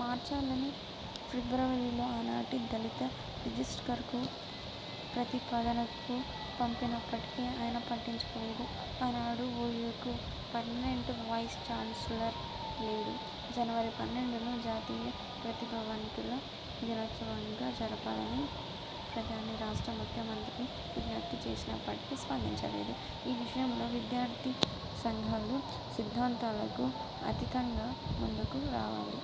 మార్చాలని ఫిబ్రవరిలో ఆనాటి దళిత రిజిస్ట్రార్కు ప్రతిపాదనలు పంపినప్పటికీ ఆయన పట్టించుకోలేదు. ఆనాడు ఓయూకు పర్మినెంట్ వైస్ ఛాన్స్లర్ లేడు. జనవరి పన్నెండును, జాతీయ ప్రతిభా వంతుల దినోత్సవంగా జరపాలని ప్రధాని, రాష్ట్ర ముఖ్య మంత్రులకు విజ్ఞప్తి చేసినప్పటికీ స్పందించలేదు. ఈ విషయంలో విద్యార్థి సంఘాలు సిద్ధాంతాలకు అతీతంగా ముందుకు రావాలి.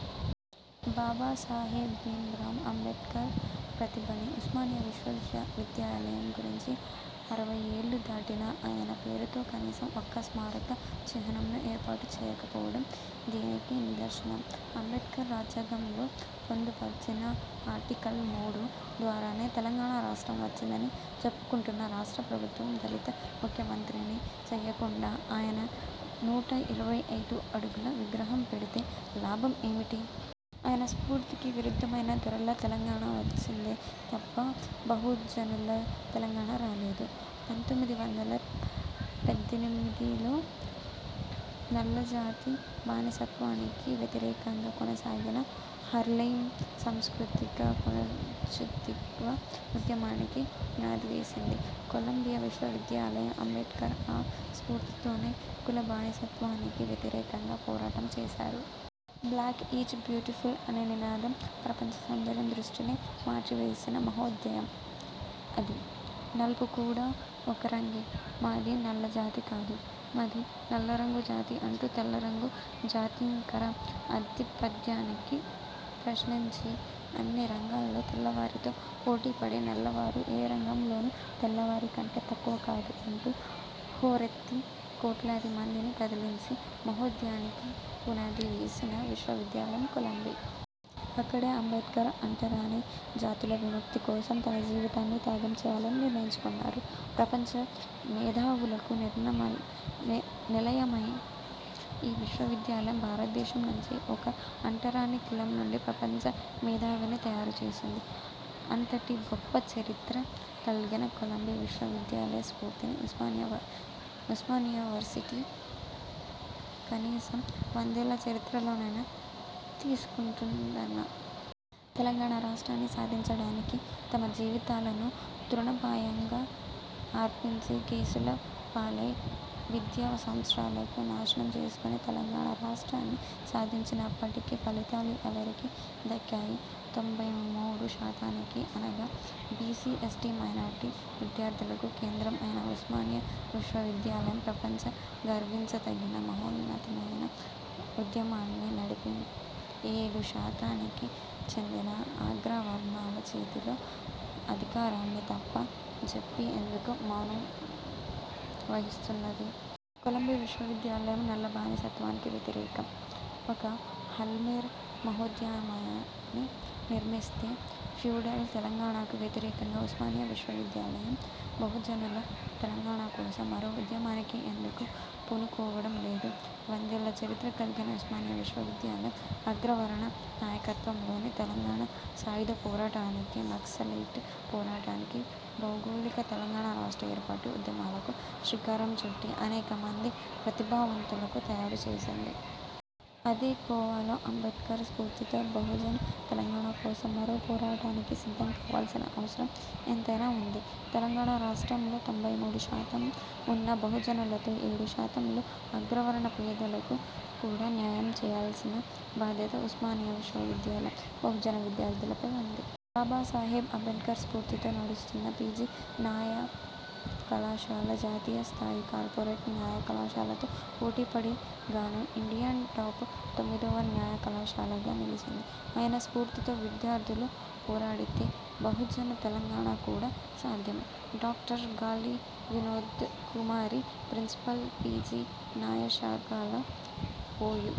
బాబాసాహెబ్ భీం రామ్ అంబేడ్కర్ ప్రతిభని ఉస్మానియా విశ్వ విద్యాలయం గురించి అరవై ఏళ్ళు దాటినా ఆయన పేరుతో కనీసం ఒక్క స్మారక చిహ్నంను ఏర్పాటు చేయకపోవడం దేనికి నిదర్శనం? అంబేడ్కర్ రాజ్యాంగంలో పొందుపర్చిన 'ఆర్టికల్ మూడు' ద్వారానే తెలంగాణ రాష్ట్రం వచ్చిందని చెప్పుకుంటున్న రాష్ట్ర ప్రభుత్వం దళిత ముఖ్య మంత్రిని చేయకుండా ఆయన నూట ఇరవై ఐదు అడుగుల విగ్రహం పెడితే లాభం ఏమిటి? ఆయన స్ఫూర్తికి విరుద్ధమైన దొరల తెలంగాణ వచ్చిందే తప్పా బహు జనుల తెలంగాణ రాలేదు. పంతొమ్మిది వందల పద్దెనిమిదిలో నల్లజాతి బానిసత్వానికి వ్యతిరేకంగా కొనసాగిన హార్లేమ్ సాంస్కృతిక పునరుజ్జీవ ఉద్యమానికి పునాది వేసింది కొలంబియా విశ్వవిద్యాలయం. అంబేడ్కర్ ఆ స్ఫూర్తితోనే కుల బానిసత్వానికి వ్యతిరేకంగా పోరాటం చేసారు. బ్లాక్ ఈజ్ బ్యూటిఫుల్ అనే నినాదం ప్రపంచ సౌందర్య దృష్టినే మార్చివేసిన మహోద్యమం అది. నలుపు కూడా ఒక రంగే మాది నల్లజాతి కాదు మాది నల్లరంగు జాతి అంటూ తెల్లరంగు జాత్యంకార ఆధిపత్యాన్ని ప్రశ్నించి అన్ని రంగాల్లో తెల్ల వారితో పోటీ పడి నల్ల వారు ఏ రంగంలోనూ తెల్లవారి కంటే తక్కువ కాదు అంటూ హోరెత్తి కోట్లాది మందిని కదిలించి మహోద్యమానికి పునాది వేసిన విశ్వ విద్యాలయం కొలంబియా. అక్కడే అంబేడ్కర్ అంటరాని జాతుల విముక్తి కోసం తన జీవితాన్ని త్యాగం చేయాలని నిర్ణయించుకున్నారు. ప్రపంచ మేధావులకు నిలయమైన ఈ విశ్వవిద్యాలయం భారతదేశం నుంచి ఒక అంటరాని కులం నుండి ప్రపంచ మేధావిని తయారుచేసింది. అంతటి గొప్పచరిత్ర కల్గిన కొలంబియా విశ్వ విద్యాలయ స్ఫూర్తిని ఉస్మానియా వర్సిటీ కనీసం వందేళ్ళ చరిత్రలోనైనా తీసుకుంటున్నదా? తెలంగాణ రాష్ట్రాన్ని సాధించడానికి తమ జీవితాలను తృణ ప్రాయంగా అర్పించి కేసుల పాలై విద్యా సంవత్సరాలను నాశనం చేసుకొని తెలంగాణ రాష్ట్రాన్ని సాధించినప్పటికి ఫలితాలు ఎవరికి దక్కాయి? తొంభై మూడు శాతానికి అనగా బీసీ ఎస్టీ మైనార్టీ విద్యార్థులకు కేంద్ర అయిన ఉస్మానియా విశ్వ విద్యాలయం ప్రపంచం గర్వించ తగిన మహోన్నతమైన ఉద్యమాన్ని నడిపి ఏడు శాతానికి చెందిన అగ్రవర్ణాల చేతిలో అధికారాన్ని అప్ప జెప్పి ఎందుకు మౌనం వహిస్తున్నది? కొలంబియా విశ్వవిద్యాలయం నల్లబానిసత్వానికి వ్యతిరేకం ఒక హర్లేమ్ మహోద్యమాన్ని నిర్మిస్తే ఫ్యూడల్ తెలంగాణకు వ్యతిరేకంగా ఉస్మానియా విశ్వ విద్యాలయం బహుజనుల తెలంగాణ కోసం మరో ఉద్యమానికి ఎందుకు పూనుకోవడం లేదు? వందేళ్ళ చరిత్ర కల్గిన ఉస్మానియా విశ్వ విద్యాలయం అగ్రవర్ణాల నాయకత్వంలోని తెలంగాణ సాయుధ పోరాటానికి, నక్సలైట్ పోరాటానికి, భౌగోళిక తెలంగాణ రాష్ట్ర ఏర్పాటు ఉద్యమాలకు శ్రీకారం చుట్టి, అనేక మంది ప్రతిభావంతులను తయారు చేసింది. అదే కోవలో అంబేడ్కర్ స్ఫూర్తితో బహుజన తెలంగాణ కోసం మరో పోరాటానికి సిద్ధం కావాల్సిన అవసరం ఎంతైనా ఉంది. తెలంగాణ రాష్ట్రంలో తొంభై మూడు శాతం ఉన్న బహుజనులతో ఏడు శాతంలోని అగ్రవర్ణ పేదలకు కూడా న్యాయం చేయాల్సిన బాధ్యత ఉస్మానియా విశ్వవిద్యాలయం బహుజన విద్యార్థులపై ఉంది. బాబాసాహెబ్ అంబేడ్కర్ స్ఫూర్తితో నడుస్తున్న పీజీ న్యాయకళాశాల, జాతీయ స్థాయి కార్పొరేట్ న్యాయ కళాశాలతో పోటీపడి గాను ఇండియా టాప్ తొమ్మిదివ న్యాయ కళాశాలగా నిలిచింది. ఆయన స్ఫూర్తితో విద్యార్థులు పోరాడితే బహుజన తెలంగాణ కూడా సాధ్యమే. Doctor Gali Vinod Kumari principal, PG న్యాయకళాశాల, ఓయూ